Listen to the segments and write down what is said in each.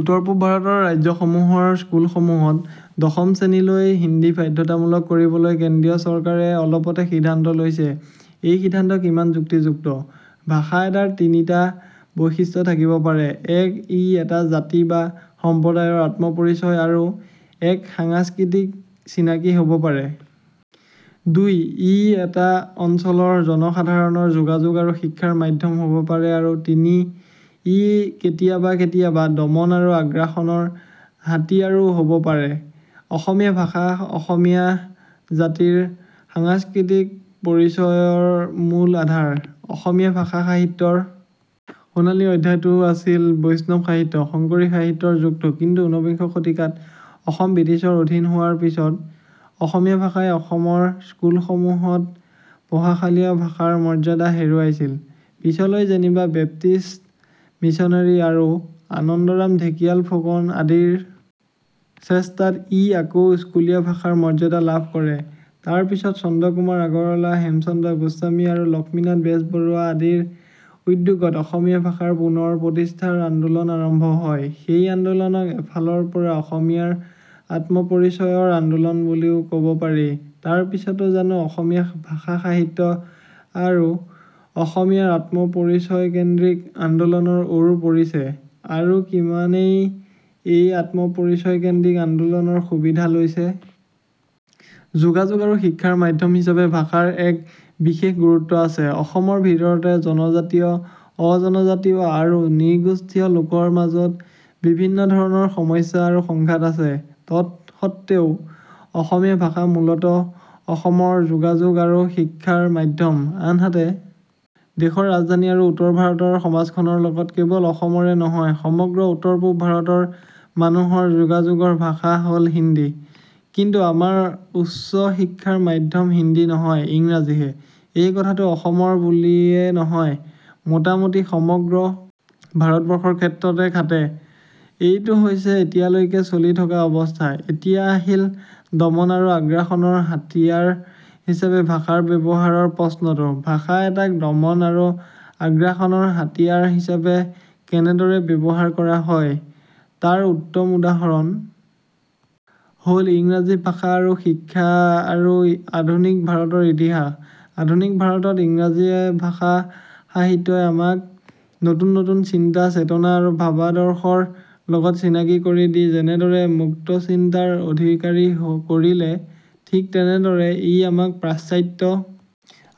উত্তৰপূব ভাৰতৰ ৰাজ্যসমূহৰ স্কুলসমূহত দশম শ্ৰেণীলৈ হিন্দী বাধ্যতামূলক কৰিবলৈ কেন্দ্ৰীয় চৰকাৰে অলপতে সিদ্ধান্ত লৈছে৷এই সিদ্ধান্ত কিমান যুক্তিযুক্ত? ভাষা এটাৰ তিনিটা বৈশিষ্ট্য থাকিব পাৰে৷ এক- ই এটা জাতি বা সম্প্ৰদায়ৰ আত্মপৰিচয় আৰু এক সাংস্কৃতিক চিনাকী হ'ব পাৰে। দুই- ই এটা অঞ্চলৰ জনসাধাৰণৰ যোগাযোগ আৰু শিক্ষাৰ মাধ্যম হ'ব পাৰে আৰু তিনি- ই কেতিয়াবা কেতিয়াবা দমন আৰু আগ্ৰাসনৰ হাতিয়াৰো হ'ব পাৰে৷ অসমীয়া ভাষা অসমীয়া জাতিৰ সাংস্কৃতিক পৰিচয়ৰ মূল আধাৰ৷ অসমীয়া ভাষা সাহিত্যৰ সোণালী অধ্যায়টো আছিল বৈষ্ণৱ সাহিত্য, শংকৰী সাহিত্যৰ যুগটো৷ কিন্তু উনবিংশ শতিকাত অসম বৃটিছৰ অধীন হোৱাৰ পিছত অসমীয়া ভাষাই অসমৰ স্কুলসমূহত পঢ়াশালীয় ভাষাৰ মৰ্যাদা হেৰুৱাইছিল৷ পিছলৈ যেনিবা বেপ্টিস্ট মিছনেৰী আৰু আনন্দৰাম ঢেকীয়াল ফুকন আদিৰ চেষ্টাত ই আকৌ স্কুলীয়া ভাষাৰ মৰ্যাদা লাভ কৰে৷ তাৰ পিছত চন্দ্ৰ কুমাৰ আগৰৱালা হেমচন্দ্ৰ গোস্বামী আৰু লক্ষ্মীনাথ বেজবৰুৱা আদিৰ উদ্যোগত অসমীয়া ভাষাৰ পুনৰ প্ৰতিষ্ঠাৰ আন্দোলন আৰম্ভ হয়৷ সেই আন্দোলনক এফালৰ পৰা অসমীয়াৰ আত্মপৰিচয়ৰ আন্দোলন বুলিও ক'ব পাৰি৷ তাৰ পিছতো জানো অসমীয়া ভাষা সাহিত্য আৰু অসমীয়াৰ আত্মপৰিচয়কেন্দ্ৰিক আন্দোলনৰ ওৰ পৰিছে আৰু কিমানেই এই আত্মপৰিচয়কেন্দ্ৰিক আন্দোলনৰ সুবিধা লৈছে। যোগাযোগ আৰু শিক্ষাৰ মাধ্যম হিচাপে ভাষাৰ এক বিশেষ গুৰুত্ব আছে৷ অসমৰ ভিতৰতে জনজাতীয়, অজনজাতীয় আৰু নৃগোষ্ঠীয় লোকৰ মাজত বিভিন্ন ধৰণৰ সমস্যা আৰু সংঘাত আছে৷ তৎসত্বেও অসমীয়া ভাষা মূলতঃ অসমৰ যোগাযোগ আৰু শিক্ষাৰ মাধ্যম৷ আনহাতে দেশৰ ৰাজধানী আৰু উত্তৰ ভাৰতৰ সমাজখনৰ লগত কেৱল অসমৰে নহয় সমগ্ৰ উত্তৰ-পূব ভাৰতৰ মানুহৰ যোগাযোগৰ ভাষা হল হিন্দী৷ কিন্তু আমাৰ উচ্চ শিক্ষাৰ মাধ্যম হিন্দী নহয় ইংৰাজীহে৷ এই কথাটো অসমৰ বুলিয়ে নহয়, মোটামোটি সমগ্ৰ ভাৰতবৰ্ষৰ ক্ষেত্ৰতে খাটে৷ এইটো হৈছে এতিয়ালৈকে চলি থকা অৱস্থা৷ এতিয়া আহিল দমন আৰু আগ্ৰাসনৰ হাতিয়াৰ হিচাপে ভাষাৰ ব্যৱহাৰৰ প্ৰশ্নটো৷ ভাষা এটাক দমন আৰু আগ্ৰাসনৰ হাতিয়াৰ হিচাপে কেনেদৰে ব্যৱহাৰ কৰা হয়, তাৰ উত্তম উদাহৰণ হ'ল ইংৰাজী ভাষা শিক্ষা আৰু আধুনিক ভাৰতৰ ইতিহাস৷আধুনিক ভাৰতত ইংৰাজী ভাষা সাহিত্যই আমাক নতুন নতুন চিন্তা, চেতনা আৰু ভাৱাদৰ্শৰ লগত চিনাকি কৰি দি যেনেদৰে মুক্ত চিন্তাৰ অধিকাৰী কৰিলে, ঠিক তেনেদৰে ই আমাক পাশ্চাত্য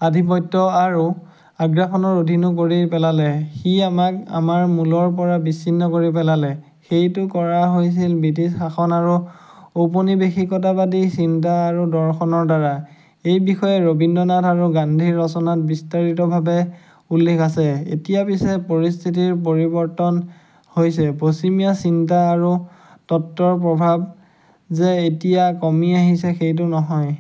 আধিপত্য আৰু আগ্ৰাসনৰ অধীনো কৰি পেলালে৷ সি আমাক আমাৰ মূলৰ পৰা বিচ্ছিন্ন কৰি পেলালে৷ সেইটো কৰা হৈছিল বৃটিছ শাসন আৰু ঔপনিবেশিকতাবাদী চিন্তা আৰু দৰ্শনৰ দ্বাৰা৷ এই বিষয়ে ৰবীন্দ্ৰনাথ আৰু গান্ধীৰ ৰচনাত বিস্তাৰিতভাবে উল্লেখ আছে৷ এতিয়া পিছে পৰিস্থিতিৰ পৰিবৰ্তন হৈছে৷ পশ্চিমীয়া চিন্তা আৰু তত্ত্বৰ প্ৰভাৱ যে এতিয়া কমি আহিছে সেইটো নহয়।